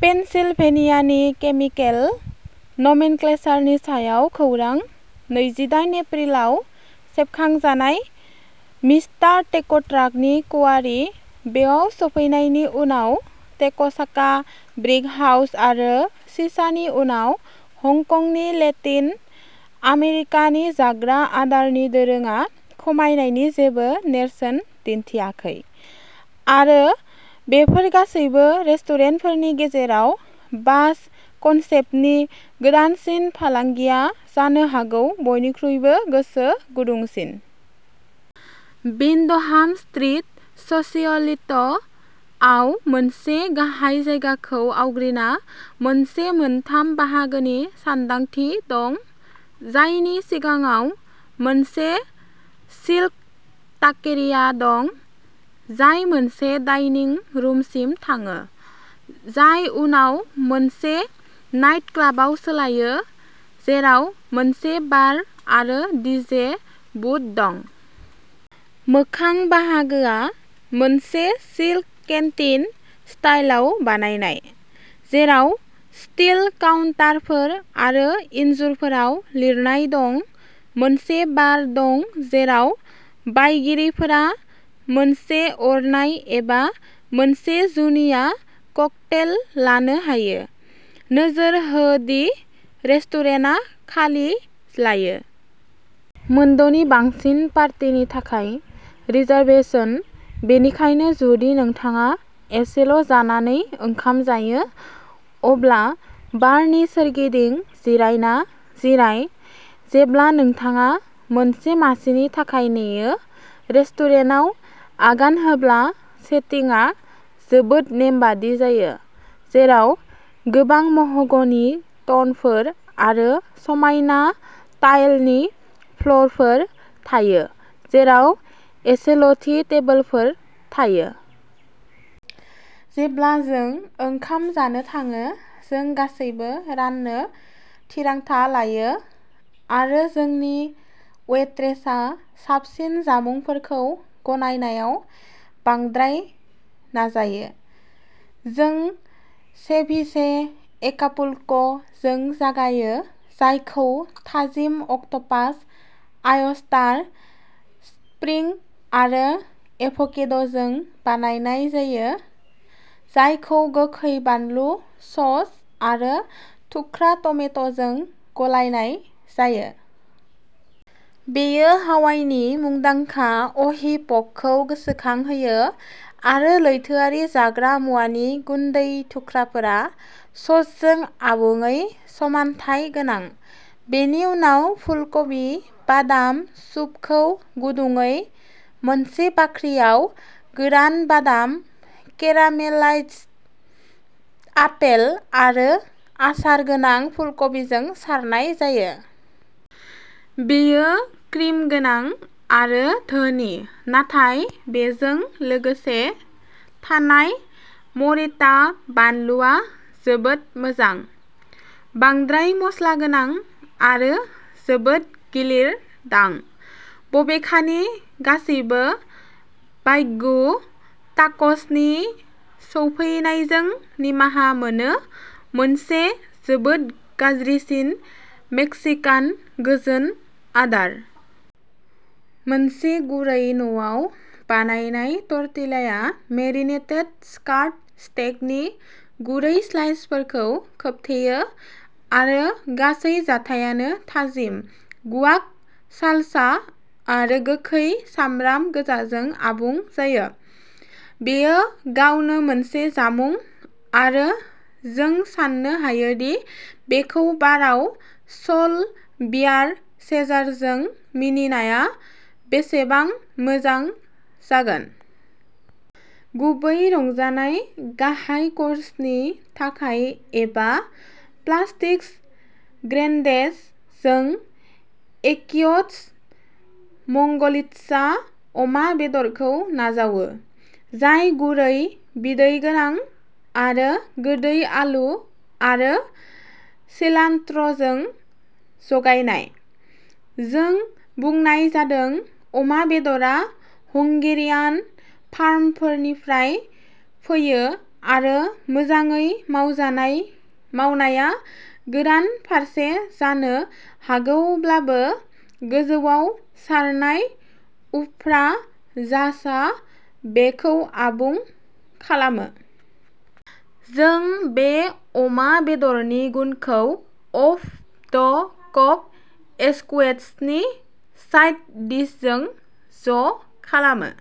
पेनसिलभेनियानि। Chemical नमेनक्लेचारनि सायाव खौरां। नैजिदायेन एप्रिल आव सेबखांजानाय। मिस्टार टेक'ट्राकनि क्वारी बेआव सफैनायनि उनाव, टेक'चाका, ब्रिकहाउस आरो चिचानि उनाव, हंकंनि लेटिन आमेरिकानि जाग्रा आदारनि दोरोंआ खमायनायनि जेबो नेरसोन दिन्थियाखै। आरो, बेफोर गासैबो रेस्टुरेन्टफोरनि गेजेराव, बाज कन्सेप्ट्सनि गोदानसिन फालांगिया जानो हागौ बयनिख्रुइबो गोसो गुदुंसिन। विन्डहाम स्ट्रीट, सोसियलित' आव मोनसे गाहाय जायगाखौ आवग्रिना मोनसे मोनथाम बाहागोनि सानदांथि दं, जायनि सिगाङाव मोनसे स्लिक टाकेरिया दं, जाय मोनसे डाइनिं रुमसिम थाङो, जाय उनाव मोनसे नाइटक्लाबाव सोलायो, जेराव मोनसे बार आरो डीजे बुथ दं। मोखां बाहागोआ, मोनसे स्लिक केन्टिन स्टाइलआव बानायनाय, जेराव स्टील काउन्टारफोर आरो इन्जुरफोराव लिरनाय दं, मोनसे बार दं जेराव बायगिरिफोरा मोनसे अरनाय एबा मोनसे जुनिया ककटेल लानो हायो। नोजोर हो दि रेस्टुरेन्टआ खालि लायो। मोनद'नि बांसिन पार्टिनि थाखाय रिजार्भेसन-बेनिखायनो जुदि नोंथाङा एसेल' जानानै ओंखाम जायो, अब्ला बारनि सोरगिदिं जिरायना जिराय, जेब्ला नोंथाङा मोनसे मासिनि थाखाय नेयो। रेस्टुरेन्टआव आगान होब्ला सेटिंआ जोबोद नेमबादि जायो, जेराव गोबां मह'गनि टनफोर आरो समायना टाइलनि फ्ल'रफोर थायो, जेराव एसेल'थि टेबोलफोर थायो। जेब्ला जों ओंखाम जानो थाङो, जों गासैबो राननो थिरांथा लायो आरो जोंनि वेट्रेसआ साबसिन जामुंफोरखौ गनायनायाव बांद्राय नाजायो। जों सेभिचे एकापुल्क' जों जागायो, जायखौ थाजिम अक्ट'पास, आयस्टार, श्रिंप आरो एभ'केड'जों बानायनाय जायो, जायखौ गोखै बानलु सस आरो थुख्रा टमेट'जों गलायनाय जायो। बेयो हावाइनि मुंदांखा अहि पकखौ गोसोखांहोयो आरो लैथोआरि जाग्रा मुवानि गुन्दै थुख्राफोरा ससजों आबुङै समानथाय गोनां। बेनि उनाव फुलकबि बादाम सुप खौ गुदुंयै मोनसे बाख्रियाव गोरान बादाम, केरामेलाइज्ड आपेल आरो आसार गोनां फुलकबिजों सारनाय जायो। बेयो क्रिम गोनां आरो धोनि नाथाय बेजों लोगोसे थानाय मरिटा बानलुआ जोबोद मोजां। बांद्राय मस्लागोनां आरो जोबोद गिलिर दां। बबेखानि, गासिबो वाग्यु टाक'स नि सौफैनायजों निमाहा मोनो मोनसे जोबोद गाज्रिसिन मेक्सिकान गोजोन आदार। मोनसे गुरै न'आव बानायनाय टर्टिलाया मेरिनेटेड स्कार्ट स्टेकनि गुरै स्लाइसफोरखौ खोबथेयो आरो गासै जाथायानो थाजिम गुआक, सालसा आरो गोखै सामब्राम गोजाजों आबुं जायो। बेयो गावनो मोनसे जामुं आरो जों साननो हायोदि बेखौ बारआव स'ल बियार चेजारजों मिनिनाया बेसेबां मोजां जागोन। गुबै रंजानाय गाहाय क'र्सनि थाखाय एबा' प्लाटिल'स ग्रेन्डेस' जों एकिय'ट मंगलित्सा अमा बेदरखौ नाजावो, जाय गुरै, बिदै गोनां आरो गोदै आलु आरो सिलान्ट्र'जों जगायनाय। जों बुंनाय जादों अमा बेदरआ हंगेरियान फार्मफोरनिफ्राय फैयो आरो मोजाङै मावजानाय मावनाया गोरान फारसे जानो हागौब्लाबो, गोजौआव सारनाय उफ्रा जासआ बेखौ आबुं खालामो। जों बे अमा बेदरनि गुनखौ अफ द कब एस्कुइट्स नि साइड डिशजों ज'खालामो।